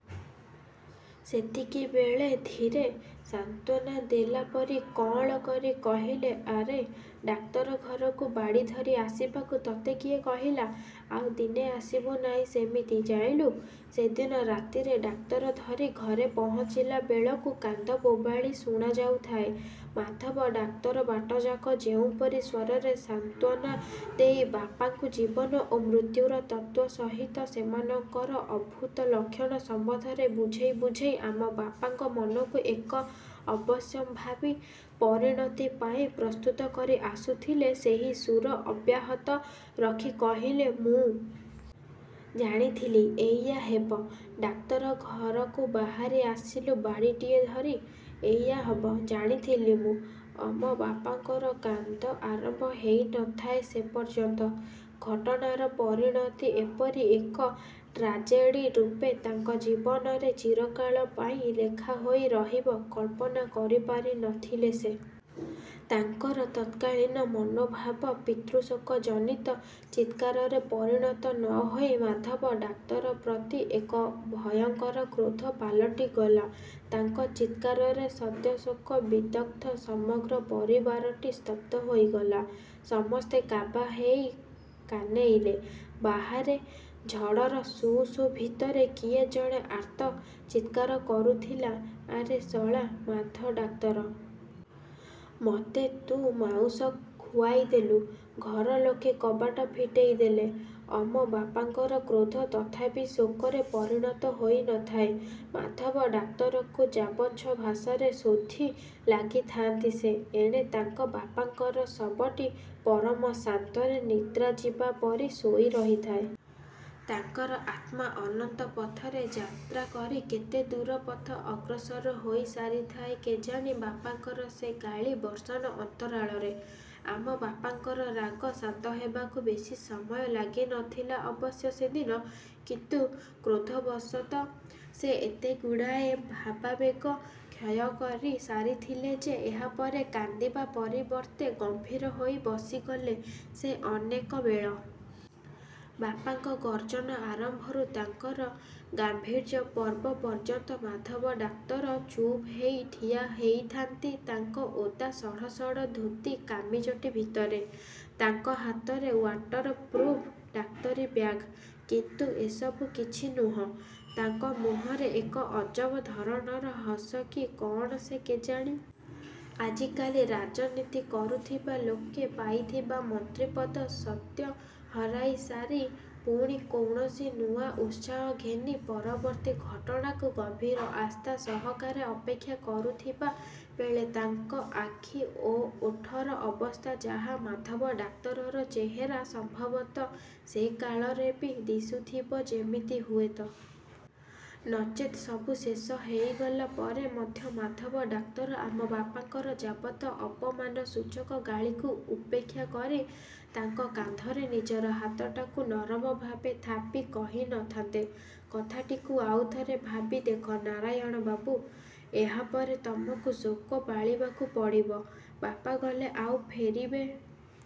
ସେତିକିବେଳେ ଧୀରେ, ସାନ୍ତ୍ୱନା ଦେଲା ପରି କଅଁଳ କରି କହିଲେ, "ଆରେ! ଡାକ୍ତର ଘରକୁ ବାଡ଼ି ଧରି ଆସିବାକୁ ତତେ କିଏ କହିଲା! ଆଉ ଦିନେ ଆସିବୁ ନାଇଁ ସେମିତି-ଜାଇଁଲୁ! " ସେଦିନ ରାତିରେ ଡାକ୍ତର ଧରି ଘରେ ପହଞ୍ଚିଲା ବେଳକୁ କାନ୍ଦବୋବାଳି ଶୁଣାଯାଉଥାଏ। ମାଧବ ଡାକ୍ତର ବାଟଯାକ ଯେଉଁପରି ସ୍ଵରରେ ସାନ୍ତ୍ୱନା ଦେଇ ବାପାଙ୍କୁ ଜୀବନ ଓ ମୃତ୍ୟୁର ତତ୍ତ୍ଵ ସହିତ ସେମାନଙ୍କର ଅଦ୍ଭୁତ ଲକ୍ଷଣ ସମ୍ବନ୍ଧରେ ବୁଝେଇ ବୁଝେଇ ଆମ ବାପାଙ୍କ ମନକୁ ଏକ ଅବଶ୍ୟମ୍ଭାବୀ ପରିଣତି ପାଇଁ ପ୍ରସ୍ତୁତ କରି ଆସୁଥିଲେ ସେହି ସୁର ଅବ୍ୟାହତ ରଖି କହିଲେ, "ମୁଁ। ଜାଣିଥିଲି। ଏଇଆ ହେବ। ଡାକ୍ତର ଘରକୁ ବାହାରି ଆସିଲୁ ବାଡ଼ିଟିଏ ଧରି। ଏଇଆ ହବ। ଜାଣିଥିଲି ମୁଁ " ଅମ ବାପାଙ୍କର କାନ୍ଦ ଆରମ୍ଭ ହେଇ ନ ଥାଏ ସେ ପର୍ଯ୍ୟନ୍ତ। ଘଟଣାର ପରିଣତି ଏପରି ଏକ ଟ୍ରାଜେଡ଼ି ରୂପେ ତାଙ୍କ ଜୀବନରେ ଚିରକାଳ ପାଇଁ ଲେଖା ହୋଇ ରହିବ କଳ୍ପନା କରିପାରି ନ ଥିଲେ ସେ। ତାଙ୍କର ତତ୍କାଳୀନ ମନୋଭାବ ପିତୃଶୋକ ଜନିତ ଚିତ୍କାରରେ ପରିଣତ ନ ହୋଇ ମାଧବ ଡାକ୍ତର ପ୍ରତି ଏକ ଭୟଙ୍କର କ୍ରୋଧ ପାଲଟିଗଲା। ତାଙ୍କ ଚିତ୍କାରରେ ସଦ୍ୟ ଶୋକ ବିଦଗ୍ଧ ସମଗ୍ର ପରିବାରଟି ସ୍ତବ୍ଧ ହୋଇଗଲା। ସମସ୍ତେ କାବା ହେଇ କାନେଇଲେ। ବାହାରେ, ଝଡ଼ର ସୁ ସୁ ଭିତରେ କିଏ ଜଣେ ଆର୍ତ୍ତ ଚିତ୍କାର କରୁଥିଲା- "ଆରେ ଶଳା ମାଧ ଡାକ୍ତର। ମତେ ତୁ ମାଉଁସ ଖୁଆଇ ଦେଲୁ। " ଘର ଲୋକେ କବାଟ ଫିଟେଇ ଦେଲେ। ଅମ ବାପାଙ୍କର କ୍ରୋଧ ତଥାପି ଶୋକରେ ପରିଣତ ହୋଇ ନ ଥାଏ। ମାଧବ ଡାକ୍ତରକୁ ଯାବଚ୍ଛ ଭାଷାରେ ଶୋଧି ଲାଗିଥାନ୍ତି ସେ। ଏଣେ ତାଙ୍କ ବାପାଙ୍କର ଶବଟି ପରମ ଶାନ୍ତରେ ନିଦ୍ରା ଯିବା ପରି ଶୋଇ ରହିଥାଏ। ତାଙ୍କର ଆତ୍ମା ଅନନ୍ତ ପଥରେ ଯାତ୍ରା କରି କେତେ ଦୂର ପଥ ଅଗ୍ରସର ହୋଇ ସାରିଥାଏ କେଜାଣି ବାପାଙ୍କର ସେ ଗାଳି ବର୍ଷଣ ଅନ୍ତରାଳରେ। ଆମ ବାପାଙ୍କର ରାଗ ଶାନ୍ତ ହେବାକୁ ବେଶୀ ସମୟ ଲାଗି ନ ଥିଲା ଅବଶ୍ୟ ସେଦିନ। କିନ୍ତୁ, କ୍ରୋଧବଶତଃ ସେ ଏତେଗୁଡ଼ାଏ ଭାବାବେଗ କ୍ଷୟ କରି ସାରିଥିଲେ ଯେ ଏହାପରେ କାନ୍ଦିବା ପରିବର୍ତ୍ତେ ଗମ୍ଭୀର ହୋଇ ବସିଗଲେ ସେ ଅନେକ ବେଳ। ବାପାଙ୍କ ଗର୍ଜନ ଆରମ୍ଭରୁ ତାଙ୍କର ଗାମ୍ଭୀର୍ଯ୍ୟ ପର୍ବ ପର୍ଯ୍ୟନ୍ତ ମାଧବ ଡାକ୍ତର ଚୁପ୍ ହେଇ ଠିଆ ହେଇଥାନ୍ତି ତାଙ୍କ ଓଦା ସଢ଼ସଢ଼ ଧୋତି କାମିଜଟି ଭିତରେ। ତାଙ୍କ ହାତରେ ୱାଟରପ୍ରୁଫ୍ ଡାକ୍ତରୀ ବ୍ୟାଗ୍। କିନ୍ତୁ, ଏସବୁ କିଛି ନୁହଁ। ତାଙ୍କ ମୁହଁରେ ଏକ ଅଜବ ଧରଣର ହସ କି କଅଣ ସେ କେଜାଣି! ଆଜିକାଲି ରାଜନୀତି କରୁଥିବା ଲୋକେ ପାଇଥିବା ମନ୍ତ୍ରୀପଦ ସଦ୍ୟ ହରାଇ ସାରି ପୁଣି କୌଣସି ନୂଆ ଉତ୍ସାହ ଘେନି ପରବର୍ତ୍ତୀ ଘଟଣାକୁ ଗଭୀର ଆସ୍ଥା ସହକାରେ ଅପେକ୍ଷା କରୁଥିବା ବେଳେ ତାଙ୍କ ଆଖି ଓ ଓଠର ଅବସ୍ଥା ଯାହା ମାଧବ ଡାକ୍ତରର ଚେହେରା ସମ୍ଭବତଃ ସେକାଳରେ ବି ଦିଶୁଥିବ ଯେମିତି ହୁଏତ। ନଚେତ୍ ସବୁ ଶେଷ ହେଇଗଲା ପରେ ମଧ୍ୟ ମାଧବ ଡାକ୍ତର ଆମ ବାପାଙ୍କର ଯାବତ ଅପମାନସୂଚକ ଗାଳିକୁ ଉପେକ୍ଷା କରି, ତାଙ୍କ କାନ୍ଧରେ ନିଜର ହାତଟାକୁ ନରମଭାବେ ଥାପି କହି ନ ଥାନ୍ତେ। "କଥାଟିକୁ ଆଉଥରେ ଭାବି ଦେଖ ନାରାୟଣ ବାବୁ! ଏହାପରେ ତମକୁ ଶୋକ ପାଳିବାକୁ ପଡ଼ିବ। ବାପା ଗଲେ-ଆଉ ଫେରିବେ